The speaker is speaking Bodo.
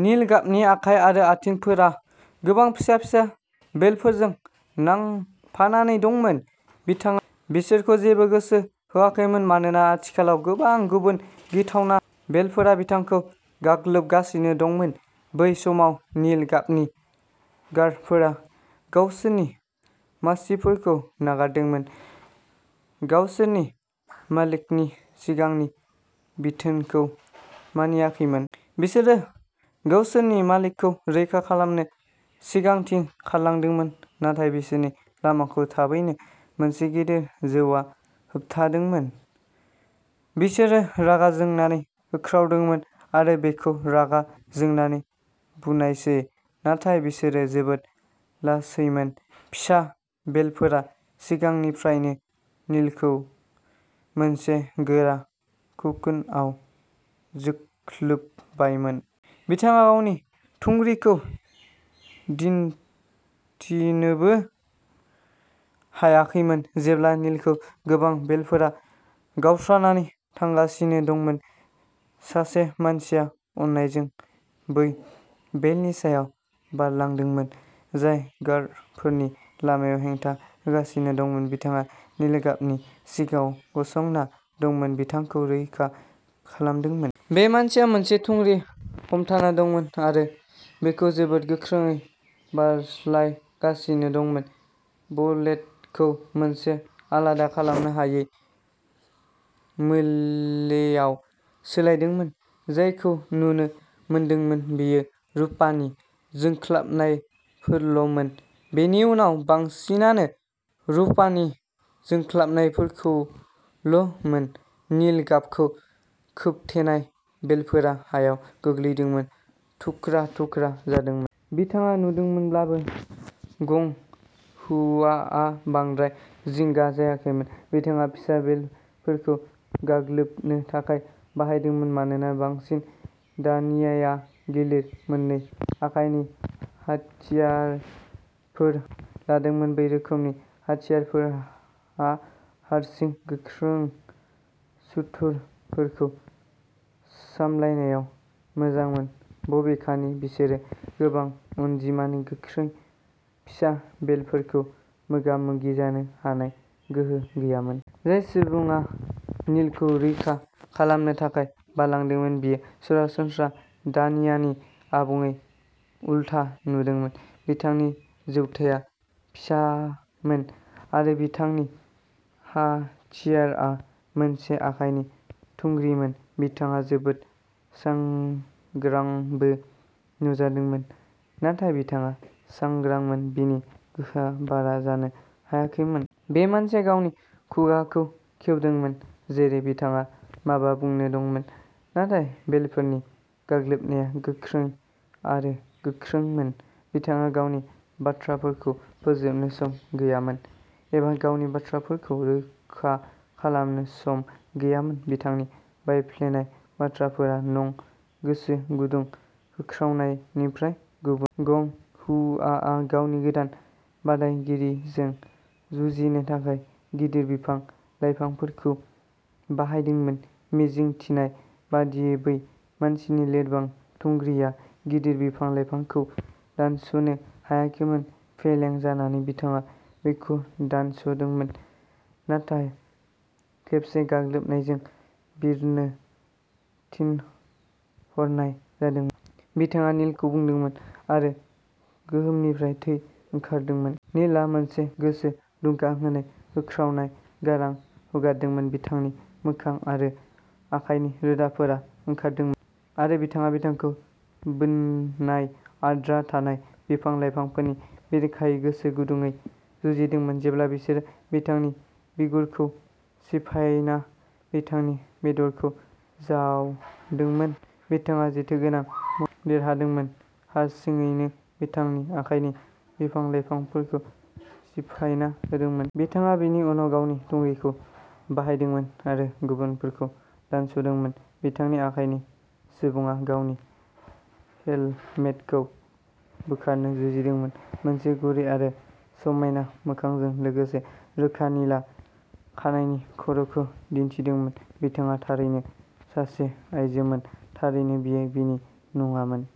नील गाबनि आखाइ आरो आथिंफोरा गोबां फिसा-फिसा बेलफोरजों नांफानानै दंमोन। बिथाङा बिसोरखौ जेबो गोसो होआखैमोन, मानोना आथिखालाव गोबां गुबुन गिथावना बेलफोरा बिथांखौ गाग्लोबगासिनो दंमोन। बै समाव, नील गाबनि गार्डफोरा गावसोरनि मासिफोरखौ नागारदोंमोन, गावसोरनि मालिकनि सिगांनि बिथोनखौ मानियाखैमोन। बिसोरो गावसोरनि मालिकखौ रैखा खालामनो सिगांथिं खारलांदोंमोन, नाथाय बिसोरनि लामाखौ थाबैनो मोनसे गिदिर जौआ होबथादोंमोन। बिसोरो रागा जोंनानै होख्रावदोंमोन, आरो बेखौ रागा जोंनानै बुनायसै। नाथाय बिसोरो जोबोद लासैमोन फिसा बेलफोरा सिगांनिफ्रायनो नीलखौ मोनसे गोरा ककुनआव जोख्लोबबायमोन। बिथाङा गावनि थुंग्रिखौ दिन्थिनोबो हायाखैमोन। जेब्ला नीलखौ गोबां बेलफोरा गावस्रानानै थांगासिनो दंमोन, सासे मानसिया अननायजों बै बेलनि सायाव बारलांदोंमोन जाय गार्डफोरनि लामायाव हेंथा होगासिनो दंमोन। बिथाङा नील गाबनि सिगाङाव गसंना दंमोन, बिथांखौ रैखा खालामदोंमोन। बे मानसिया मोनसे थुंग्रि हमथाना दंमोन, आरो बेखौ जोबोद गोख्रोङै बारस्लायगासिनो दंमोन, ब्लेडखौ मोनसे आलादा खालामनो हायै मोलेआव सोलायदोंमोन। जायखौ नुनो मोनदोंमोन बेयो रुफानि जोंख्लाबनायफोरल'मोन। बेनि उनाव, बांसिनानो रुफानि जोंख्लाबनायफोरल'मोन। नील गाबखौ खोबथेनाय बेलफोरा हायाव गोग्लैदोंमोन, थुख्रा-थुख्रा जादोंमोन। बिथाङा नुदोंमोनब्लाबो, गं हुआआ बांद्राय जिंगा जायाखैमोन। बिथाङा फिसा बेलफोरखौ गाग्लोबनो थाखाय बाहायदोंमोन मानोना बांसिन दानियाया गिलिर मोन्नै आखाइनि हाथियारफोर लादोंमोन। बै रोखोमनि हाथियारफोरा हारसिं, गोख्रों सुथुरफोरखौ सामलायनायाव मोजांमोन। बबेखानि, बिसोरो गोबां अनजिमानि गोख्रै फिसा बेलफोरखौ मोगा-मोगि जानो हानाय गोहो गैयामोन। जाय सुबुङा नीलखौ रैखा खालामनो थाखाय बारलांदोंमोन, बियो सरासनस्रा दानियानि आबुङै उल्था नुदोंमोन। बिथांनि जौथाया फिसामोन, आरो बिथांनि हाथियारआ मोनसे आखाइनि थुंग्रिमोन। बिथाङा जोबोद सांग्रांबो नुजादोंमोन। नाथाय बिथाङा सांग्रांमोन, बिनि गोहोआ बारा जानो हायाखैमोन। बे मानसिया गावनि खुगाखौ खेवदोंमोन, जेरै बिथाङा माबा बुंनो दंमोन। नाथाय बेलफोरनि गाग्लोबनाया गोख्रै आरो गोख्रोंमोन। बिथाङा गावनि बाथ्राफोरखौ फोजोबनो सम गैयामोन, एबा गावनि बाथ्राफोरखौ रोखा खालामनो सम गैयामोन। बिथांनि बायफ्लेनाय बाथ्राफोरा नं गोसो गुदुं होख्रावनायनिफ्राय गुबुन। गं हुआआ गावनि गोदान बादायगिरिजों जुजिनो थाखाय गिदिर बिफां-लाइफांफोरखौ बाहायदोंमोन। मिजिं थिनाय बायदियै, बै मानसिनि लोरबां थुंग्रिआ गिदिर बिफां-लाइफांखौ दानस'नो हायाखैमोन। फेलें जानानै, बिथाङा बेखौ दानस'दोंमोन, नाथाय खेबसे गाग्लोबनायजों बिरनो थिनहरनाय जादोंमोन। बिथाङा नीलखौ बुदोंमोन, आरो गोहोमनिफ्राय थै ओंखारदोंमोन। नीलआ मोनसे गोसो दुंखांहोनाय होख्रावनाय गारां हगारदोंमोन। बिथांनि मोखां आरो आखाइनि रोदाफोरा ओंखारदोंमोन, आरो बिथाङा बिथांखौ बोननाय आद्रा थानाय बिफां-लाइफांफोरनि बेरेखायै गोसो गुदुंयै जुजिदोंमोन। जेब्ला बिसोरो बिथांनि बिगुरखौ सिफायना बिथांनि बेदरखौ जावदोंमोन, बिथाङा जेथोगोनां महरै देरहादोंमोन, हारसिङैनो बिथांनि आखाइनि बिफां-लाइफांफोरखौ सिफायना होदोंमोन। बिथाङा बिनि उनाव गावनि थुंग्रिखौ बाहायदोंमोन आरो गुबुनफोरखौ दानस'दोंमोन। बिथांनि आखाइनि सुबुङा गावनि हेलमेटखौ बोखारनो जुजिदोंमोन, मोनसे गुरै आरो समायना मोखांजों लोगोसे रोखा निला खानाइनि खर'खौ दिन्थिदोंमोन बिथाङा थारैनो सासे आइजोमोन थारैनो, बियो बिनि नङामोन।